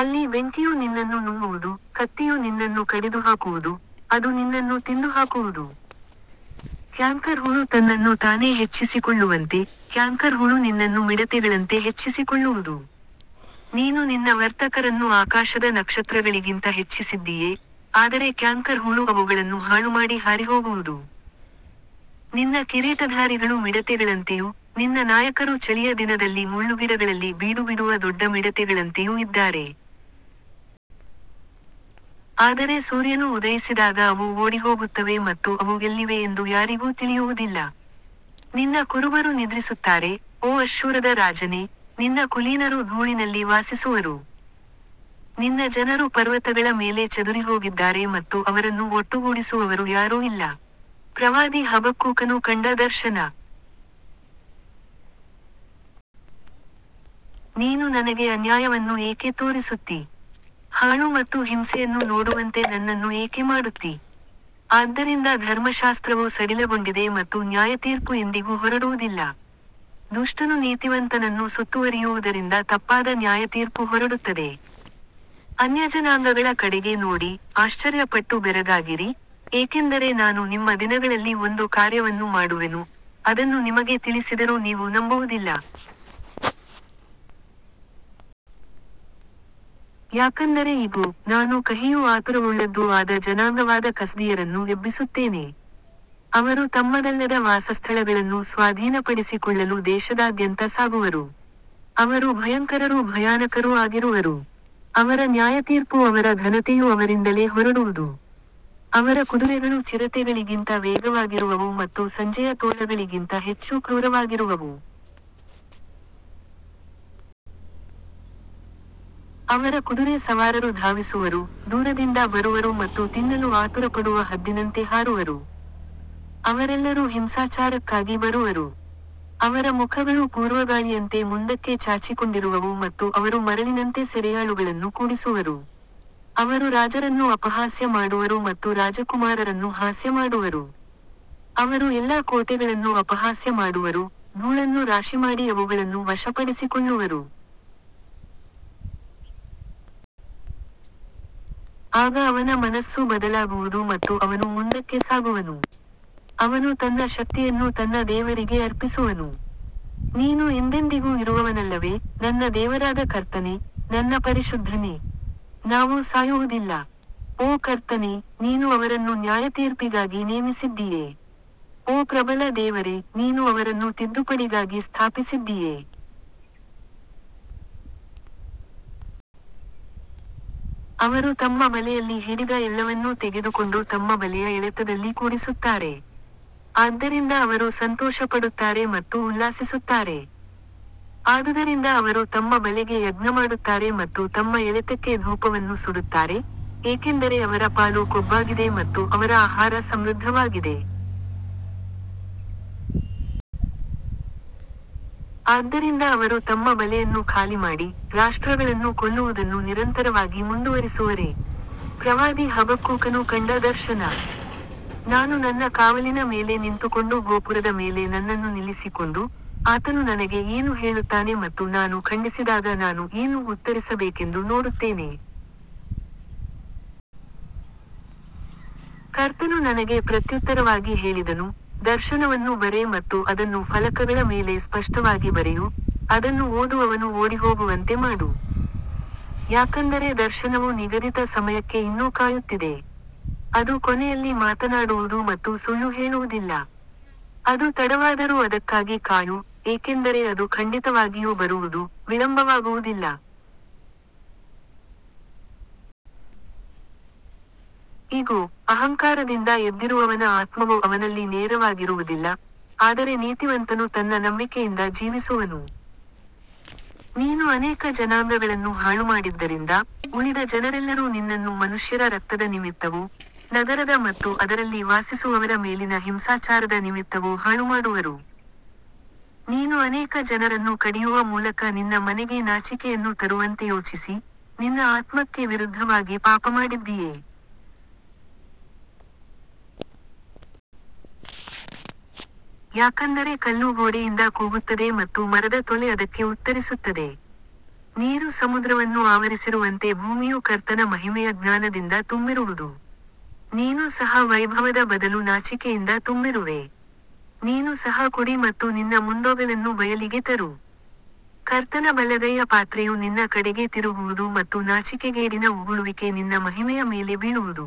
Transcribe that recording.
ಅಲ್ಲಿ ಬೆಂಕಿಯು ನಿನ್ನನ್ನು ನುಂಗುವುದು, ಕತ್ತಿಯು ನಿನ್ನನ್ನು ಕಡಿದುಹಾಕುವುದು, ಅದು ನಿನ್ನನ್ನು ತಿಂದುಹಾಕುವುದು. ಕ್ಯಾಂಕರ್ ಹುಳು ತನ್ನನ್ನು ತಾನೇ ಹೆಚ್ಚಿಸಿಕೊಳ್ಳುವಂತೆ, ಕ್ಯಾಂಕರ್ ಹುಳು ನಿನ್ನನ್ನು ಮಿಡತೆಗಳಂತೆ ಹೆಚ್ಚಿಸಿಕೊಳ್ಳುವುದು. ನೀನು ನಿನ್ನ ವರ್ತಕರನ್ನು ಆಕಾಶದ ನಕ್ಷತ್ರಗಳಿಗಿಂತ ಹೆಚ್ಚಿಸಿದ್ದೀಯೆ, ಆದರೆ ಕ್ಯಾಂಕರ್ ಹುಳು ಅವುಗಳನ್ನು ಹಾಳುಮಾಡಿ ಹಾರಿಹೋಗುವುದು. ನಿನ್ನ ಕಿರೀಟಧಾರಿಗಳು ಮಿಡತೆಗಳಂತೆಯೂ, ನಿನ್ನ ನಾಯಕರು ಚಳಿಯ ದಿನದಲ್ಲಿ ಮುಳ್ಳುಗಿಡಗಳಲ್ಲಿ ಬೀಡುಬಿಡುವ ದೊಡ್ಡ ಮಿಡತೆಗಳಂತೆಯೂ ಇದ್ದಾರೆ. ಆದರೆ ಸೂರ್ಯನು ಉದಯಿಸಿದಾಗ ಅವು ಓಡಿಹೋಗುತ್ತವೆ ಮತ್ತು ಅವು ಎಲ್ಲಿವೆ ಎಂದು ಯಾರಿಗೂ ತಿಳಿಯುವುದಿಲ್ಲ. ನಿನ್ನ ಕುರುಬರು ನಿದ್ರಿಸುತ್ತಾರೆ, ಓ ಅಶ್ಶೂರದ ರಾಜನೇ, ನಿನ್ನ ಕುಲೀನರು ಧೂಳಿನಲ್ಲಿ ವಾಸಿಸುವರು. ನಿನ್ನ ಜನರು ಪರ್ವತಗಳ ಮೇಲೆ ಚದುರಿಹೋಗಿದ್ದಾರೆ ಮತ್ತು ಅವರನ್ನು ಒಟ್ಟುಗೂಡಿಸುವವರು ಯಾರೂ ಇಲ್ಲ. ಪ್ರವಾದಿ ಹಬಕ್ಕೂಕನು ಕಂಡ ದರ್ಶನ. ನೀನು ನನಗೆ ಅನ್ಯಾಯವನ್ನು ಏಕೆ ತೋರಿಸುತ್ತೀ? ಹಾಳು ಮತ್ತು ಹಿಂಸೆಯನ್ನು ನೋಡುವಂತೆ ನನ್ನನ್ನು ಏಕೆ ಮಾಡುತ್ತೀ? ಆದ್ದರಿಂದ ಧರ್ಮಶಾಸ್ತ್ರವು ಸಡಿಲಗೊಂಡಿದೆ ಮತ್ತು ನ್ಯಾಯತೀರ್ಪು ಎಂದಿಗೂ ಹೊರಡುವುದಿಲ್ಲ. ದುಷ್ಟನು ನೀತಿವಂತನನ್ನು ಸುತ್ತುವರಿಯುವುದರಿಂದ ತಪ್ಪಾದ ನ್ಯಾಯತೀರ್ಪು ಹೊರಡುತ್ತದೆ. ಅನ್ಯಜನಾಂಗಗಳ ಕಡೆಗೆ ನೋಡಿ, ಆಶ್ಚರ್ಯಪಟ್ಟು ಬೆರಗಾಗಿರಿ, ಏಕೆಂದರೆ ನಾನು ನಿಮ್ಮ ದಿನಗಳಲ್ಲಿ ಒಂದು ಕಾರ್ಯವನ್ನು ಮಾಡುವೆನು, ಅದನ್ನು ನಿಮಗೆ ತಿಳಿಸಿದರೂ ನೀವು ನಂಬುವುದಿಲ್ಲ. ಯಾಕಂದರೆ ಇಗೋ, ನಾನು ಕಹಿಯೂ ಆತುರವುಳ್ಳದ್ದೂ ಆದ ಜನಾಂಗವಾದ ಕಸ್ದೀಯರನ್ನು ಎಬ್ಬಿಸುತ್ತೇನೆ. ಅವರು ತಮ್ಮದಲ್ಲದ ವಾಸಸ್ಥಳಗಳನ್ನು ಸ್ವಾಧೀನಪಡಿಸಿಕೊಳ್ಳಲು ದೇಶದಾದ್ಯಂತ ಸಾಗುವರು. ಅವರು ಭಯಂಕರರೂ ಭಯಾನಕರೂ ಆಗಿರುವರು. ಅವರ ನ್ಯಾಯತೀರ್ಪೂ ಅವರ ಘನತೆಯೂ ಅವರಿಂದಲೇ ಹೊರಡುವುದು. ಅವರ ಕುದುರೆಗಳು ಚಿರತೆಗಳಿಗಿಂತ ವೇಗವಾಗಿರುವವು ಮತ್ತು ಸಂಜೆಯ ತೋಳಗಳಿಗಿಂತ ಹೆಚ್ಚು ಕ್ರೂರವಾಗಿರುವವು. ಅವರ ಕುದುರೆ ಸವಾರರು ಧಾವಿಸುವರು, ದೂರದಿಂದ ಬರುವರು ಮತ್ತು ತಿನ್ನಲು ಆತುರಪಡುವ ಹದ್ದಿನಂತೆ ಹಾರುವರು. ಅವರೆಲ್ಲರೂ ಹಿಂಸಾಚಾರಕ್ಕಾಗಿ ಬರುವರು. ಅವರ ಮುಖಗಳು ಪೂರ್ವಗಾಳಿಯಂತೆ ಮುಂದಕ್ಕೆ ಚಾಚಿಕೊಂಡಿರುವವು ಮತ್ತು ಅವರು ಮರಳಿನಂತೆ ಸೆರೆಯಾಳುಗಳನ್ನು ಕೂಡಿಸುವರು. ಅವರು ರಾಜರನ್ನು ಅಪಹಾಸ್ಯ ಮಾಡುವರು ಮತ್ತು ರಾಜಕುಮಾರರನ್ನು ಹಾಸ್ಯ ಮಾಡುವರು. ಅವರು ಎಲ್ಲಾ ಕೋಟೆಗಳನ್ನು ಅಪಹಾಸ್ಯ ಮಾಡುವರು, ಧೂಳನ್ನು ರಾಶಿಮಾಡಿ ಅವುಗಳನ್ನು ವಶಪಡಿಸಿಕೊಳ್ಳುವರು. ಆಗ ಅವನ ಮನಸ್ಸು ಬದಲಾಗುವುದು ಮತ್ತು ಅವನು ಮುಂದಕ್ಕೆ ಸಾಗುವನು. ಅವನು ತನ್ನ ಶಕ್ತಿಯನ್ನು ತನ್ನ ದೇವರಿಗೆ ಅರ್ಪಿಸುವನು. ನೀನು ಎಂದೆಂದಿಗೂ ಇರುವವನಲ್ಲವೇ, ನನ್ನ ದೇವರಾದ ಕರ್ತನೇ, ನನ್ನ ಪರಿಶುದ್ಧನೇ? ನಾವು ಸಾಯುವುದಿಲ್ಲ. ಓ ಕರ್ತನೇ, ನೀನು ಅವರನ್ನು ನ್ಯಾಯತೀರ್ಪಿಗಾಗಿ ನೇಮಿಸಿದ್ದೀಯೆ. ಓ ಪ್ರಬಲ ದೇವರೇ, ನೀನು ಅವರನ್ನು ತಿದ್ದುಪಡಿಗಾಗಿ ಸ್ಥಾಪಿಸಿದ್ದೀಯೆ. ಅವರು ತಮ್ಮ ಬಲೆಯಲ್ಲಿ ಹಿಡಿದ ಎಲ್ಲವನ್ನೂ ತೆಗೆದುಕೊಂಡು ತಮ್ಮ ಬಲೆಯ ಎಳೆತದಲ್ಲಿ ಕೂಡಿಸುತ್ತಾರೆ. ಆದ್ದರಿಂದ ಅವರು ಸಂತೋಷಪಡುತ್ತಾರೆ ಮತ್ತು ಉಲ್ಲಾಸಿಸುತ್ತಾರೆ. ಆದುದರಿಂದ ಅವರು ತಮ್ಮ ಬಲೆಗೆ ಯಜ್ಞಮಾಡುತ್ತಾರೆ ಮತ್ತು ತಮ್ಮ ಎಳೆತಕ್ಕೆ ಧೂಪವನ್ನು ಸುಡುತ್ತಾರೆ, ಏಕೆಂದರೆ ಅವರ ಪಾಲು ಕೊಬ್ಬಾಗಿದೆ ಮತ್ತು ಅವರ ಆಹಾರ ಸಮೃದ್ಧವಾಗಿದೆ. ಆದ್ದರಿಂದ ಅವರು ತಮ್ಮ ಬಲೆಯನ್ನು ಖಾಲಿಮಾಡಿ, ರಾಷ್ಟ್ರಗಳನ್ನು ಕೊಲ್ಲುವುದನ್ನು ನಿರಂತರವಾಗಿ ಮುಂದುವರಿಸುವರೇ? ಪ್ರವಾದಿ ಹಬಕ್ಕೂಕನು ಕಂಡ ದರ್ಶನ. ನಾನು ನನ್ನ ಕಾವಲಿನ ಮೇಲೆ ನಿಂತುಕೊಂಡು ಗೋಪುರದ ಮೇಲೆ ನನ್ನನ್ನು ನಿಲ್ಲಿಸಿಕೊಂಡು, ಆತನು ನನಗೆ ಏನು ಹೇಳುತ್ತಾನೆ ಮತ್ತು ನಾನು ಖಂಡಿಸಿದಾಗ ನಾನು ಏನು ಉತ್ತರಿಸಬೇಕೆಂದು ನೋಡುತ್ತೇನೆ. ಕರ್ತನು ನನಗೆ ಪ್ರತ್ಯುತ್ತರವಾಗಿ ಹೇಳಿದನು, ದರ್ಶನವನ್ನು ಬರೆ ಮತ್ತು ಅದನ್ನು ಫಲಕಗಳ ಮೇಲೆ ಸ್ಪಷ್ಟವಾಗಿ ಬರೆಯು, ಅದನ್ನು ಓದುವವನು ಓಡಿಹೋಗುವಂತೆ ಮಾಡು. ಯಾಕಂದರೆ ದರ್ಶನವು ನಿಗದಿತ ಸಮಯಕ್ಕೆ ಇನ್ನೂ ಕಾಯುತ್ತಿದೆ. ಅದು ಕೊನೆಯಲ್ಲಿ ಮಾತನಾಡುವುದು ಮತ್ತು ಸುಳ್ಳು ಹೇಳುವುದಿಲ್ಲ. ಅದು ತಡವಾದರೂ ಅದಕ್ಕಾಗಿ ಕಾಯು, ಏಕೆಂದರೆ ಅದು ಖಂಡಿತವಾಗಿಯೂ ಬರುವುದು, ವಿಳಂಬವಾಗುವುದಿಲ್ಲ. ಇಗೋ, ಅಹಂಕಾರದಿಂದ ಎದ್ದಿರುವವನ ಆತ್ಮವು ಅವನಲ್ಲಿ ನೇರವಾಗಿರುವುದಿಲ್ಲ, ಆದರೆ ನೀತಿವಂತನು ತನ್ನ ನಂಬಿಕೆಯಿಂದ ಜೀವಿಸುವನು. ನೀನು ಅನೇಕ ಜನಾಂಗಗಳನ್ನು ಹಾಳುಮಾಡಿದ್ದರಿಂದ, ಉಳಿದ ಜನರೆಲ್ಲರೂ ನಿನ್ನನ್ನು ಮನುಷ್ಯರ ರಕ್ತದ ನಿಮಿತ್ತವೂ, ನಗರದ ಮತ್ತು ಅದರಲ್ಲಿ ವಾಸಿಸುವವರ ಮೇಲಿನ ಹಿಂಸಾಚಾರದ ನಿಮಿತ್ತವೂ ಹಾಳುಮಾಡುವರು. ನೀನು ಅನೇಕ ಜನರನ್ನು ಕಡಿಯುವ ಮೂಲಕ ನಿನ್ನ ಮನೆಗೆ ನಾಚಿಕೆಯನ್ನು ತರುವಂತೆ ಯೋಚಿಸಿ, ನಿನ್ನ ಆತ್ಮಕ್ಕೆ ವಿರುದ್ಧವಾಗಿ ಪಾಪಮಾಡಿದ್ದೀಯೆ. ಯಾಕಂದರೆ ಕಲ್ಲು ಗೋಡೆಯಿಂದ ಕೂಗುತ್ತದೆ ಮತ್ತು ಮರದ ತೊಲೆ ಅದಕ್ಕೆ ಉತ್ತರಿಸುತ್ತದೆ. ನೀರು ಸಮುದ್ರವನ್ನು ಆವರಿಸಿರುವಂತೆ ಭೂಮಿಯು ಕರ್ತನ ಮಹಿಮೆಯ ಜ್ಞಾನದಿಂದ ತುಂಬಿರುವುದು. ನೀನೂ ಸಹ ವೈಭವದ ಬದಲು ನಾಚಿಕೆಯಿಂದ ತುಂಬಿರುವೆ. ನೀನು ಸಹ ಕುಡಿ ಮತ್ತು ನಿನ್ನ ಮುಂದೊಗಲನ್ನು ಬಯಲಿಗೆ ತರು. ಕರ್ತನ ಬಲಗೈಯ ಪಾತ್ರೆಯು ನಿನ್ನ ಕಡೆಗೆ ತಿರುಗುವುದು ಮತ್ತು ನಾಚಿಕೆಗೇಡಿನ ಉಗುಳುವಿಕೆ ನಿನ್ನ ಮಹಿಮೆಯ ಮೇಲೆ ಬೀಳುವುದು.